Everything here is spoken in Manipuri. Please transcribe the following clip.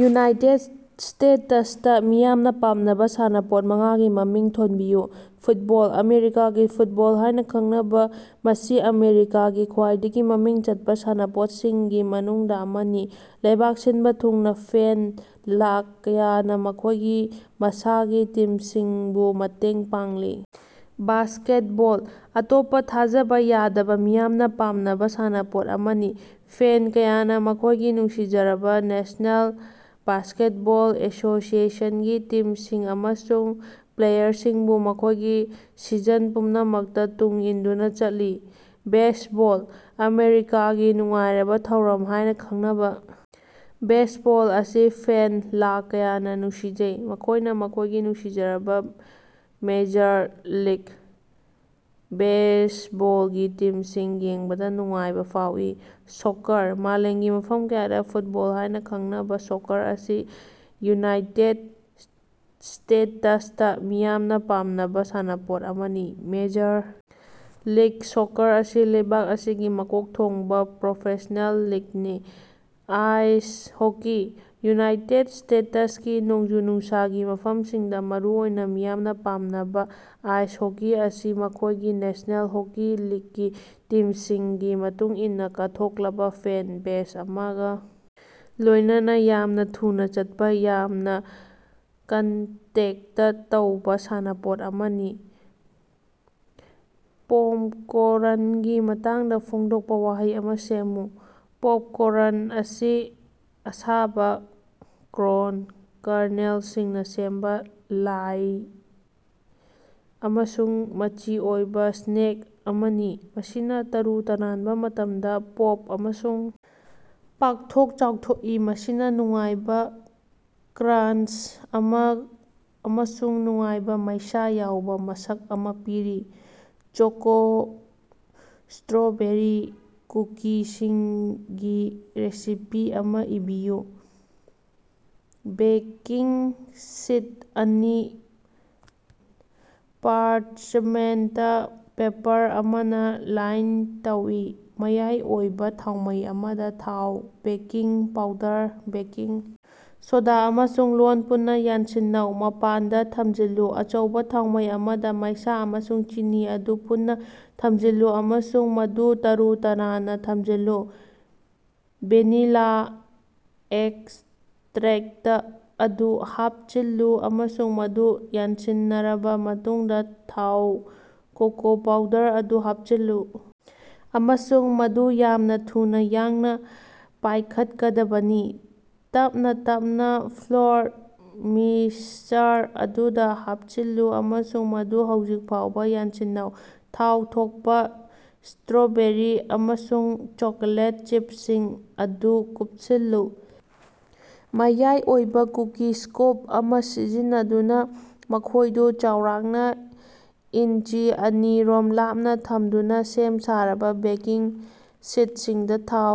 ꯌꯨꯅꯥꯏꯇꯦꯗ ꯁ꯭ꯇꯦꯇꯁꯇꯥ ꯃꯤꯌꯥꯝꯅ ꯄꯥꯝꯅꯕ ꯁꯥꯟꯅꯄꯣꯠ ꯃꯉꯥꯒꯤ ꯃꯃꯤꯡ ꯊꯣꯟꯕꯤꯌꯨ꯫ ꯐꯨꯠꯕꯣꯜ - ꯑꯃꯦꯔꯤꯀꯥꯒꯤ ꯐꯨꯠꯕꯣꯜ ꯍꯥꯏꯅ ꯈꯪꯅꯕ, ꯃꯁꯤ ꯑꯃꯦꯔꯤꯀꯥꯒꯤ ꯈ꯭ꯋꯥꯏꯗꯒꯤ ꯃꯃꯤꯡ ꯆꯠꯄꯥ ꯁꯥꯟꯅꯄꯣꯠꯁꯤꯡꯒꯤ ꯃꯅꯨꯡꯗ ꯑꯃꯅꯤ, ꯂꯩꯕꯥꯛ ꯁꯤꯟꯕ ꯊꯨꯡꯅ ꯐꯦꯟ ꯂꯥꯈ ꯀꯌꯥꯅ ꯃꯈꯣꯏꯒꯤ ꯃꯁꯥꯒꯤ ꯇꯤꯝꯁꯤꯡꯕꯨ ꯃꯇꯦꯡ ꯄꯥꯡꯂꯤ꯫ ꯕꯥꯁꯀꯦꯠꯕꯣꯜ - ꯑꯇꯣꯞꯄ ꯊꯥꯖꯕ ꯌꯥꯗꯕ ꯃꯤꯌꯥꯝꯅ ꯄꯥꯝꯅꯕꯥ ꯁꯥꯟꯅꯄꯣꯠ ꯑꯃꯅꯤ, ꯐꯦꯟ ꯀꯌꯥꯅ ꯃꯈꯣꯏꯒꯤ ꯅꯨꯡꯁꯤꯖꯔꯕꯥ ꯅꯦꯁꯅꯦꯜ ꯕꯥꯁꯀꯦꯠꯕꯣꯜ ꯑꯦꯁꯣꯁꯤꯌꯦꯁꯟ ꯒꯤ ꯇꯤꯝꯁꯤꯡ ꯑꯃꯁꯨꯡ ꯄ꯭ꯂꯦꯌꯥꯔꯁꯤꯡꯕꯨ ꯃꯈꯣꯏꯒꯤ ꯁꯤꯖꯟ ꯄꯨꯝꯅꯃꯛꯇ ꯇꯨꯡ ꯏꯟꯗꯨꯅ ꯆꯠꯂꯤ꯫ ꯕꯦꯖꯕꯣꯜ - ꯑꯃꯦꯔꯤꯀꯥꯒꯤ ꯅꯨꯡꯉꯥꯏꯔꯕ ꯊꯧꯔꯝ ꯍꯥꯏꯅ ꯈꯪꯅꯕ ꯕꯦꯖꯕꯣꯜ ꯑꯁꯤ ꯐꯦꯟ ꯂꯥꯈ ꯀꯌꯥꯅ ꯅꯨꯡꯁꯤꯖꯩ, ꯃꯈꯣꯏꯅ ꯃꯈꯣꯏꯒꯤ ꯅꯨꯡꯁꯤꯖꯔꯕꯥ ꯃꯦꯖꯔ ꯂꯤꯒ ꯕꯦꯖꯕꯣꯜꯒꯤ ꯇꯤꯝꯁꯤꯡ ꯌꯦꯡꯕꯗꯥ ꯅꯨꯡꯉꯥꯏꯕ ꯐꯥꯎꯏ꯫ ꯁꯣꯀꯔ - ꯃꯥꯂꯦꯝꯒꯤ ꯃꯐꯝ ꯀꯌꯥꯗ ꯐꯨꯠꯕꯣꯜ ꯍꯥꯏꯅ ꯈꯪꯅꯕꯥ ꯁꯣꯀꯔ ꯑꯁꯤ ꯌꯨꯅꯥꯏꯇꯦꯗ ꯁ꯭ꯇꯦꯇꯁꯇꯥ ꯃꯤꯌꯥꯝꯅ ꯄꯥꯝꯅꯕꯥ ꯁꯥꯟꯅꯄꯣꯠ ꯑꯃꯅꯤ, ꯃꯦꯖꯔ ꯂꯤꯒ ꯁꯣꯀꯔ ꯑꯁꯤ ꯂꯩꯕꯥꯛ ꯑꯁꯤꯒꯤ ꯃꯀꯣꯛ ꯊꯣꯡꯕꯥ ꯄ꯭ꯔꯣꯐꯦꯁ꯭ꯅꯦꯜ ꯂꯤꯒꯅꯤ꯫ ꯑꯥꯏꯁ ꯍꯣꯀꯤ - ꯌꯨꯅꯥꯏꯇꯦꯗ ꯁ꯭ꯇꯦꯇꯁꯀꯤ ꯅꯣꯡꯖꯨ-ꯅꯨꯡꯁꯥꯒꯤ ꯃꯐꯝꯁꯤꯡꯗ ꯃꯔꯨꯑꯣꯏꯅ ꯃꯤꯌꯥꯝꯅ ꯄꯥꯝꯅꯕꯥ ꯑꯥꯏꯁ ꯍꯣꯀꯤ ꯑꯁꯤ ꯃꯈꯣꯏꯒꯤ ꯅꯦꯁ꯭ꯅꯦꯜ ꯍꯣꯀꯤ ꯂꯤꯒꯀꯤ ꯇꯤꯝꯁꯤꯡꯒꯤ ꯃꯇꯨꯡ ꯏꯟꯅ ꯀꯠꯊꯣꯛꯂꯕ ꯐꯦꯟ ꯕꯦꯖ ꯑꯃꯒ ꯂꯣꯏꯅꯅ ꯌꯥꯝꯅ ꯊꯨꯅꯥ ꯆꯠꯄ, ꯌꯥꯝꯅ ꯀꯟꯇꯦꯛꯇ ꯇꯧꯕ ꯁꯥꯟꯅꯄꯣꯠ ꯑꯃꯅꯤ꯫ ꯄꯣꯞꯀꯣꯔ꯭ꯟꯒꯤ ꯃꯇꯥꯡꯗ ꯐꯣꯡꯗꯣꯛꯄ ꯋꯥꯍꯩ ꯑꯃ ꯁꯦꯝꯃꯨ꯫ ꯄꯣꯞꯀꯣꯔ꯭ꯟ ꯑꯁꯤ ꯑꯁꯥꯕ ꯀꯣꯔ꯭ꯟ ꯀꯔꯅꯦꯜꯁꯤꯡꯅ ꯁꯦꯝꯕ ꯂꯥꯏꯠ ꯑꯃꯁꯨꯡ ꯃꯆꯤ ꯑꯣꯏꯕ ꯁ꯭ꯅꯦꯛ ꯑꯃꯅꯤ, ꯃꯁꯤꯅ ꯇꯔꯨ ꯇꯅꯥꯟꯕ ꯃꯇꯝꯗ ꯄꯣꯞ ꯑꯃꯁꯨꯡ ꯄꯥꯛꯊꯣꯛ-ꯆꯥꯎꯊꯣꯛꯏ, ꯃꯁꯤꯅ‌ ꯅꯨꯡꯉꯥꯏꯕ ꯀ꯭ꯔꯥꯟꯆ ꯑꯃ ꯑꯃꯁꯨꯡ ꯅꯨꯡꯉꯥꯏꯕ ꯃꯩꯁꯥ ꯌꯥꯎꯕ ꯃꯁꯛ ꯑꯃ ꯄꯤꯔꯤ꯫ ꯆꯣꯀꯣ-ꯁ꯭ꯇꯔꯣꯕꯦꯔꯤ ꯀꯨꯀꯤꯁꯤꯡꯒꯤ ꯔꯦꯁꯤꯄꯤ ꯑꯃ ꯏꯕꯤꯌꯨ꯫ ꯕꯦꯀꯤꯡ ꯁꯤꯠ ꯑꯅꯤ ꯄꯥꯔꯆꯃꯦꯟꯇ ꯄꯦꯄꯔ ꯑꯃꯅ ꯂꯥꯏꯟ ꯇꯧ꯫ ꯃꯌꯥꯏ ꯑꯣꯏꯕ ꯊꯥꯎꯃꯩ ꯑꯃꯗ, ꯊꯥꯎ, ꯕꯦꯀꯤꯡ ꯄꯥꯎꯗꯔ, ꯕꯦꯀꯤꯡ ꯁꯣꯗꯥ ꯑꯃꯁꯨꯡ ꯂꯣꯟ ꯄꯨꯟꯅ ꯌꯥꯟꯁꯤꯟꯅꯧ꯫ ꯃꯄꯥꯟꯗ ꯊꯝꯖꯤꯜꯂꯨ꯫ ꯑꯆꯧꯕ ꯊꯥꯎꯃꯩ ꯑꯃꯗ, ꯃꯩꯁꯥ ꯑꯃꯁꯨꯡ ꯆꯤꯅꯤ ꯑꯗꯨ ꯄꯨꯟꯅ ꯊꯝꯖꯤꯜꯂꯨ ꯑꯃꯁꯨꯡ ꯃꯗꯨ ꯇꯔꯨ-ꯇꯅꯥꯟꯅ ꯊꯝꯖꯤꯜꯂꯨ ꯫ꯚꯦꯅꯤꯂꯥ ꯑꯦꯛꯁꯇꯔꯦꯛꯇ ꯑꯗꯨ ꯍꯥꯞꯆꯤꯜꯂꯨ ꯑꯃꯁꯨꯡ ꯃꯗꯨ ꯌꯥꯟꯁꯤꯟꯅꯔꯕꯥ ꯃꯇꯨꯡꯗ ꯊꯛꯎ꯫ ꯀꯣꯀꯣ ꯄꯥꯎꯗꯔ ꯑꯗꯨ ꯍꯥꯞꯆꯤꯜꯂꯨ ꯑꯃꯁꯨꯡ ꯃꯗꯨ ꯌꯥꯝꯅ ꯊꯨꯅ ꯌꯥꯡꯅ ꯄꯥꯏꯈꯠꯀꯗꯕꯅꯤ꯫ ꯇꯞꯅꯥ ꯇꯞꯅꯥ ꯐ꯭ꯂꯣꯔ ꯃꯤꯛꯁꯆꯔ ꯑꯗꯨꯗ ꯍꯥꯞꯆꯤꯜꯂꯨ ꯑꯃꯁꯨꯡ ꯃꯗꯨ ꯍꯧꯖꯤꯛ ꯐꯥꯎꯕ ꯌꯥꯟꯁꯤꯟꯅꯧ꯫ ꯊꯥꯎ ꯊꯣꯛꯄꯥ ꯁ꯭ꯇꯔꯣꯕꯦꯔꯤ ꯑꯃꯁꯨꯡ ꯆꯣꯀꯣꯂꯦꯠ ꯆꯤꯞꯁꯤꯡ ꯑꯗꯨ ꯀꯨꯞꯁꯤꯜꯂꯨ꯫ ꯃꯌꯥꯏ ꯑꯣꯏꯕ ꯀꯨꯀꯤ ꯁ꯭ꯀꯣꯞ ꯑꯃ ꯁꯤꯖꯤꯟꯅꯗꯨꯅ, ꯃꯈꯣꯏꯗꯨ ꯆꯥꯎꯔꯥꯛꯅ ꯏꯟꯆꯤ ꯑꯅꯤ ꯔꯣꯝ ꯂꯥꯞꯅ ꯊꯝꯗꯨꯅ ꯁꯦꯝ-ꯁꯥꯔꯕꯥ ꯕꯦꯀꯤꯡ ꯁꯤꯠꯁꯤꯡꯗ ꯊꯥꯎ꯫